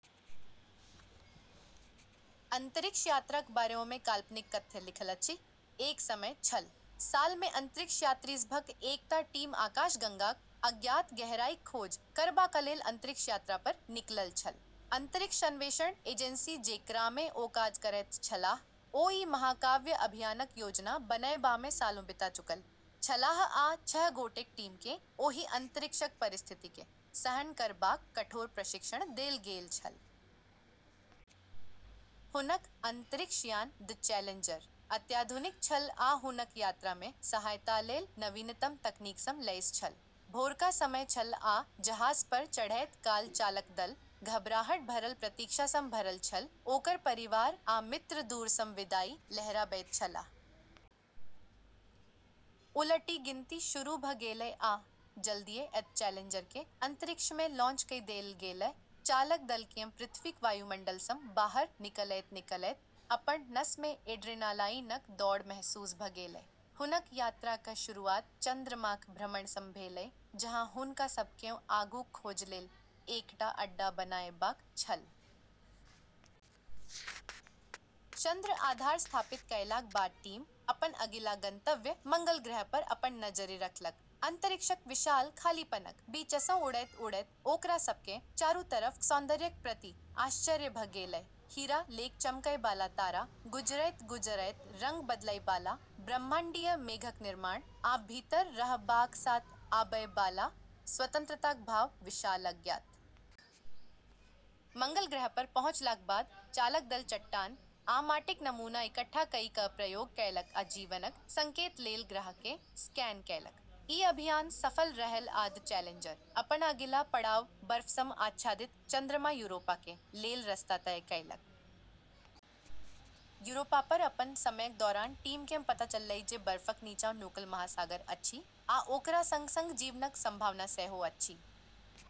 अंतरिक्ष यात्राक बारेमे काल्पनिक कथ्य लिखल अछि। एक समय छल, सालमे अंतरिक्ष यात्रीसभक एकटा टीम आकाशगंगाक अज्ञात गहराईक खोज करबाकलेल अंतरिक्ष यात्रापर निकलल छल। अंतरिक्ष अन्वेषण एजेंसी जेकरामे ओ काज करैत छलाह, ओ ई महाकाव्य अभियानक योजना बनएबामे सालों बिता चुकल छलाह आ छह गोटेक टीमकेँ ओहि अंतरिक्षक परिस्थितिकेँ सहन करबाक कठोर प्रशिक्षण देल गेल छल। हुनक अंतरिक्ष यान 'द चैलेंजर' अत्याधुनिक छल आ हुनक यात्रामे सहायतालेल नवीनतम तकनीकसँ लैस छल। भोरका समय छल आ जहाजपर चढ़ैत काल चालक दल घबराहट भरल प्रतीक्षासँ भरल छल, ओकर परिवार आ मित्र दूरसँ विदाई लहराबैत छलाह। उलटी गिनती शुरू भऽ गेलै आ जल्दिये 'द चैलेंजर'केँ अंतरिक्षमे लॉन्च कइ देल गेलै, चालक दलकेँ पृथ्वीक वायुमंडलसँ बाहर निकलैत-निकलैत अपन नसमे एड्रेनालाईनक दौड़ महसूस भऽ गेलै। हुनक यात्राक शुरुआत चंद्रमाक भ्रमणसँ भेलै, जहाँ हुनका सभकेँ आगूक खोजलेल एकटा अड्डा बनाएबाक छल। चंद्र आधार स्थापित कएलाक बाद टीम अपन अगिला गंतव्य- मंगल ग्रहपर अपन नजरि रखलक। अंतरिक्षक विशाल खालीपनक बीचसँ उड़ैत-उड़ैत ओकरा सभकेँ चारू तरफक सौन्दर्यक प्रति आश्चर्य भऽ गेलै- हीरा लेक चमकैबाला तारा, गुजरैत-गुजरैत रंग बदलैबाला ब्रह्मांडीय मेघक निर्माण, आ भीतर रहबाक साथ आबैबाला स्वतंत्रताक भाव विशाल अज्ञात। मंगल ग्रहपर पहुँचलाक बाद चालक दल चट्टान आ माटिक नमूना इकट्ठा कइ कऽ प्रयोग कएलक आ जीवनक संकेतलेल ग्रहकेँ स्कैन कएलक। ई अभियान सफल रहल आ 'द चैलेंजर' अपन अगिला पड़ाव- बर्फसँ आच्छादित चंद्रमा यूरोपाकेँ लेल रस्ता तय कएलक। यूरोपापर अपन समयक दौरान टीमकेँ पता चललै जे बर्फक नीचाँ नुकल महासागर अछि, आ ओकरा संग-संग जीवनक संभावना सेहो अछि।